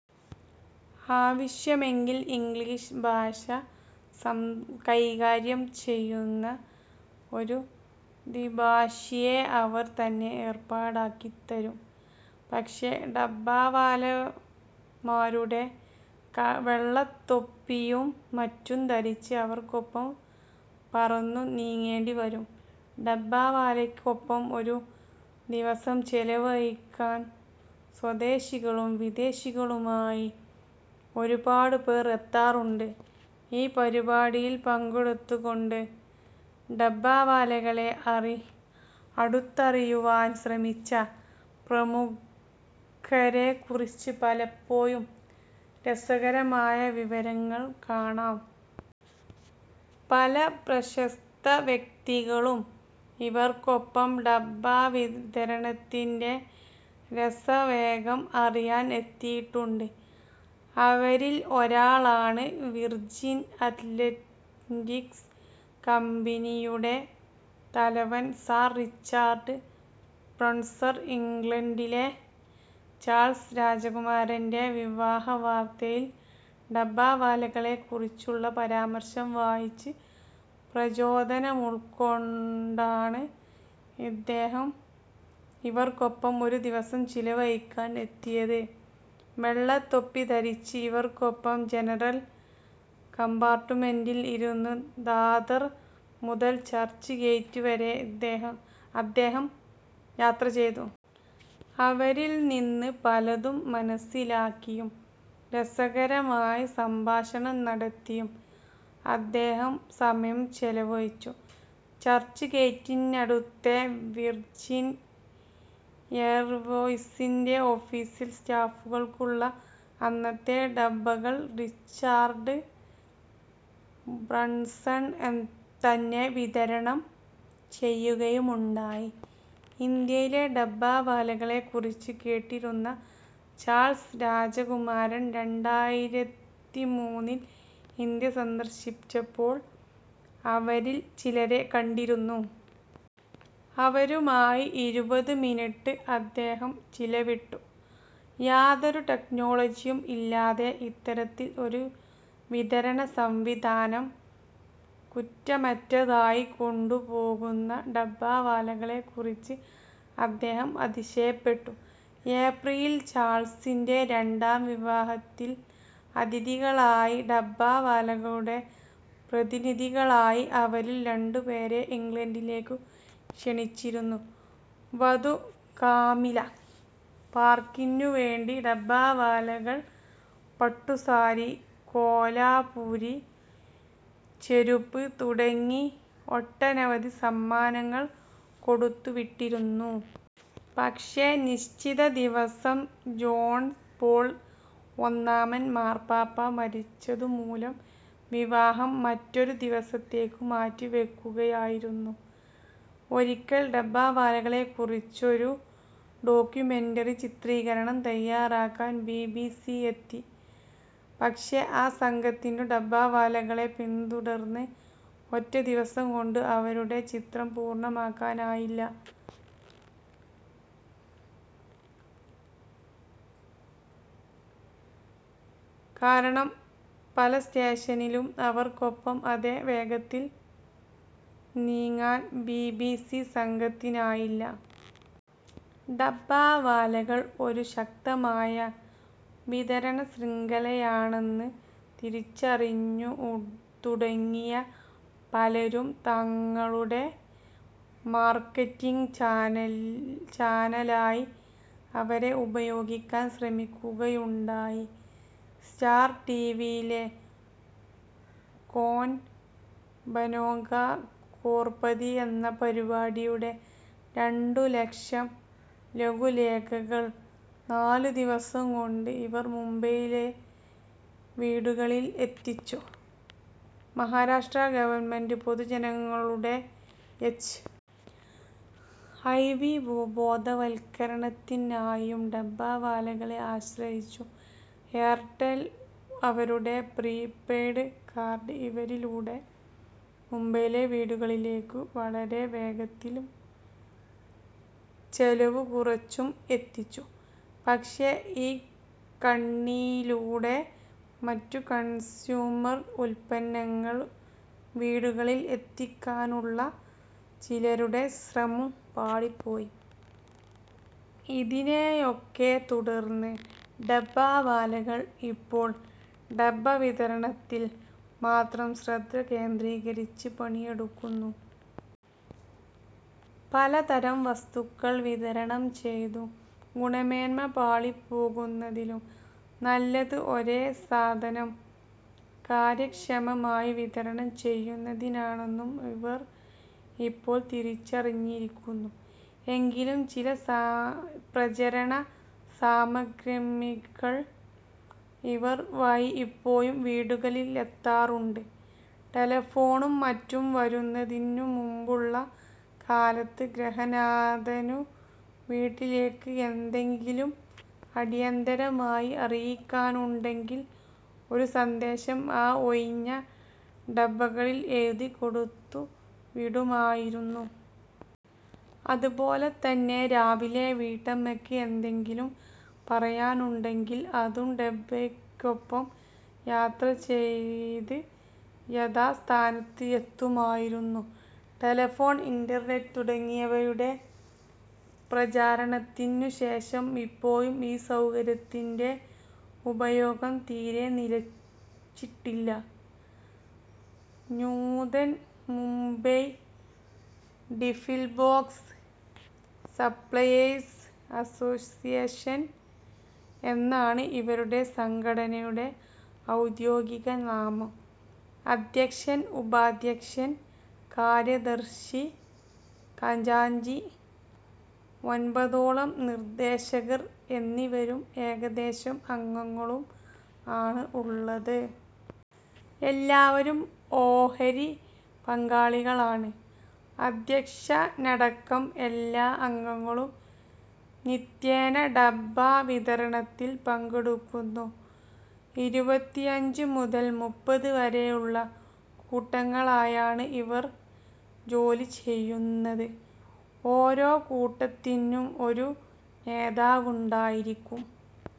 ആവശ്യമെങ്കിൽ ഇംഗ്ലീഷ് ഭാഷ കൈകാര്യം ചെയ്യുന്ന ഒരു ദ്വിഭാഷിയെ അവർ തന്നെ ഏർപ്പാടാക്കി തരും. പക്ഷേ ഡബ്ബാവാലമാരുടെ വെള്ളത്തൊപ്പിയും മറ്റും ധരിച്ച് അവർക്കൊപ്പം പറന്നു നീങ്ങേണ്ടിവരും. ഡബ്ബാവാലക്ക് ഒപ്പം ഒരു ദിവസം ചെലവഴിക്കാൻ സ്വദേശികളും വിദേശികളുമായി ഒരുപാടുപേർ എത്താറുണ്ട്. ഈ പരിപാടിയിൽ പങ്കെടുത്തുകൊണ്ട് ഡബ്ബാവാലകളെ അടുത്തറിയുവാൻ ശ്രമിച്ച പ്രമുഖരെക്കുറിച്ച് പലപ്പോഴും രസകരമായ വിവരണങ്ങൾ കാണാം. പല പ്രശസ്തവ്യക്തികളും ഇവർക്കൊപ്പം ഡബ്ബാവിതരണത്തിന്റെ രസവേഗം അറിയാൻ എത്തിയിട്ടുണ്ട്. അവരിൽ ഒരാളാണ് വിർജിൻ അറ്റ്ലാന്റിസ് കമ്പനിയുടെ തലവൻ സർ റിച്ചാർഡ് ബ്രാൻസൺ. ഇംഗ്ലണ്ടിലെ ചാൾസ് രാജകുമാരന്റെ വിവാഹവാർത്തയിൽ ഡബ്ബാവാലകളെക്കുറിച്ചുള്ള പരാമർശം വായിച്ച് പ്രചോദനമുൾക്കൊണ്ടാണ് അദ്ദേഹം ഇവർക്കൊപ്പം ഒരു ദിവസം ചെലവഴിക്കാൻ എത്തിയത്. വെള്ളത്തൊപ്പി ധരിച്ച് ഇവർക്കൊപ്പം ജനറൽ കമ്പാർട്ടുമെന്റിൽ ഇരുന്ന് ദാദർ മുതൽ ചർച്ച് ഗേറ്റുവരെ അദ്ദേഹം യാത്ര ചെയ്തു. അവരിൽ നിന്ന് പലതും മനസ്സിലാക്കിയും രസകരമായി സംഭാഷണം നടത്തിയും അദ്ദേഹം സമയം ചെലവഴിച്ചു. ചർച്ച് ഗേറ്റിനടുത്തെ വിർജിൻ എയർവേയ്സിന്റെ ഓഫീസിലെ സ്റ്റാഫുകൾക്കുള്ള അന്നത്തെ ഡബ്ബകൾ റിച്ചാർഡ് ബ്രാൻസൺ തന്നെ വിതരണം ചെയ്യുകയുമുണ്ടായി. ഇന്ത്യയിലെ ഡബ്ബാവാലകളെ കുറിച്ച് കേട്ടിരുന്ന ചാൾസ് രാജകുമാരൻ രണ്ടായിരത്തിമൂന്നിൽ ഇന്ത്യ സന്ദർശിച്ചപ്പോൾ അവരിൽ ചിലരെ കണ്ടിരുന്നു. അവരുമായി ഇരുപത് മിനിട്ട് അദ്ദേഹം ചിലവിട്ടു. യാതൊരു ടെക്നോളജിയും ഇല്ലാതെ ഇത്തരത്തിൽ ഒരു വിതരണസംവിധാനം കുറ്റമറ്റതായി കൊണ്ടുപോകുന്ന ഡബ്ബാവാലകളെ കുറിച്ച് അദ്ദേഹം അതിശയപ്പെട്ടു. ഏപ്രിലിൽ ചാൾസിന്റെ രണ്ടാം വിവാഹത്തിൽ അതിഥികളായി ഡബ്ബാവാലകളുടെ പ്രതിനിധികളായി അവരിൽ രണ്ടുപേരെ ഇംഗ്ലണ്ടിലേക്ക് ക്ഷണിച്ചിരുന്നു. വധു, കാമില പാർക്കറിനു വേണ്ടി ഡബ്ബാവാലകൾ പട്ടുസാരി, കോലാപ്പുരി ചെരുപ്പ് തുടങ്ങി ഒട്ടനവധി സമ്മാനങ്ങൾ കൊടുത്തുവിട്ടിരുന്നു. പക്ഷേ നിശ്ചിതദിവസം ജോൺ പോൾ ഒന്നാമൻ മാർപ്പാപ്പ മരിച്ചതു മൂലം വിവാഹം മറ്റൊരു ദിവസത്തേക്ക് മാറ്റി വയ്ക്കുകയായിരുന്നു. ഒരിക്കൽ ഡബ്ബാവാലകളെ കുറിച്ചൊരു ഡോക്യുമെന്ററി ചിത്രീകരണം തയ്യാറാക്കാൻ ബീ ബീ സി എത്തി. പക്ഷേ ആ സംഘത്തിനു ഡബ്ബാവാലകളെ പിന്തുടർന്ന് ഒറ്റദിവസംകൊണ്ട് അവരുടെ ചിത്രം പൂർണ്ണമാക്കാനായില്ല. കാരണം പലസ്റ്റേഷനിലും അവർക്കൊപ്പം അതേ വേഗത്തിൽ നീങ്ങാൻ ബീ ബീ സി സംഘത്തിനായില്ല. ഡബ്ബാവാലകൾ ഒരു ശക്തമായ വിതരണ ശൃംഖലയാണെന്ന് തിരിച്ചറിഞ്ഞുതുടങ്ങിയ പലരും തങ്ങളുടെ മാർക്കറ്റിങ്ങ് ചാനലായി അവരെ ഉപയോഗിക്കാൻ ശ്രമിക്കുകയുണ്ടായി. സ്റ്റാർ ടി വിയിലെ "കോൻ ബനേഗാ ക്രോർപതി" എന്ന പരിപാടിയുടെ രണ്ടു ലക്ഷം ലഘുലേഖകൾ നാലു ദിവസം കൊണ്ട് ഇവർ മുംബൈയിലെ വീടുകളിൽ എത്തിച്ചു. മഹാരാഷ്ട്രാ ഗവൺമെന്റ് പൊതുജനങ്ങളുടെ എച്ച്. ഐ. വി. ബോധവൽക്കരണത്തിനായും ഡബ്ബവാലകളെ ആശ്രയിച്ചു. 'എയർടെൽ' അവരുടെ പ്രീ പെയ്ഡ് കാർഡ് ഇവരിലൂടെ മുംബൈയിലെ വീടുകളിലേക്ക് വളരെ വേഗത്തിലും ചെലവു കുറച്ചും എത്തിച്ചു. പക്ഷേ ഈ കണ്ണിയിലൂടെ മറ്റ് കൺസ്യൂമർ ഉല്പന്നങ്ങൾ വീടുകളിൽ എത്തിക്കാനുള്ള ചിലരുടെ ശ്രമം പാളി പോയി. ഇതിനെയൊക്കെത്തുടർന്ന് ഡബ്ബാവാലകൾ ഇപ്പോൾ ഡബ്ബ വിതരണത്തിൽ മാത്രം ശ്രദ്ധ കേന്ദ്രീകരിച്ച് പണിയെടുക്കുന്നു. പലതരം വസ്തുക്കൾ വിതരണം ചെയ്തു ഗുണമേന്മ പാളിപ്പോകുന്നതിലും നല്ലത് ഒരേ സാധനം കാര്യക്ഷമമായി വിതരണം ചെയ്യുന്നതിനാണെന്നു അവർ ഇപ്പോൾ തിരിച്ചറിഞ്ഞിരിക്കുന്നു. എങ്കിലും ചില പ്രചരണസാമിഗ്രികൾ ഇവർ വഴി ഇപ്പോഴും വീടുകളിലെത്താറുണ്ട്. ടെലഫോണും മറ്റും വരുന്നതിനു മുൻപുള്ള കാലത്ത് ഗൃഹനാഥനു വീട്ടിലേക്ക് എന്തെങ്കിലും അടിയന്തരമായി അറിയിക്കാനുണ്ടെങ്കിൽ ഒരു സന്ദേശം ആ ഒഴിഞ്ഞ ഡബ്ബകളിൽ എഴുതി കൊടുത്തു വിടുമായിരുന്നു. അതുപോലെ തന്നെ രാവിലെ വീട്ടമ്മയ്ക്ക് എന്തെങ്കിലും പറയാനുണ്ടെങ്കിൽ അതും ഡബ്ബയ്ക്കൊപ്പം യാത്രചെയ്ത് യഥാസ്ഥാനത്ത് എത്തുമായിരുന്നു. ടെലഫോൺ, ഇന്റർനെറ്റ് തുടങ്ങിയവയുടെ പ്രചാരത്തിനുശേഷം ഇപ്പോഴും ഈ സൗകര്യത്തിന്റെ ഉപയോഗം തീരെ നിലച്ചിട്ടില്ല. Nutan Mumbai tiffin box suppliers association എന്നാണ് ഇവരുടെ സംഘടനയുടെ ഔദ്യോഗികനാമം. അദ്ധ്യക്ഷൻ, ഉപാദ്ധ്യക്ഷൻ, കാര്യദർശി, ഖജാഞ്ജി, ഒൻപതോളം നിർദ്ദേശകർഎന്നിവരും ഏകദേശം അംഗങ്ങളും ആണ് ഉള്ളത്. എല്ലാവരും ഓഹരി പങ്കാളികളാണ്. അദ്ധ്യക്ഷനടക്കം എല്ലാ അംഗങ്ങളും നിത്യേന ഡബ്ബാവിതരണത്തിൽ പങ്കെടുക്കുന്നു. ഇരുപത്തിഅഞ്ച് മുതൽ മുപ്പത് വരെ ഉള്ള കൂട്ടങ്ങളായാണ് ഇവർ ജോലി ചെയ്യുന്നത്. ഓരോ കൂട്ടത്തിനും ഒരു നേതാവുണ്ടായിരിക്കും.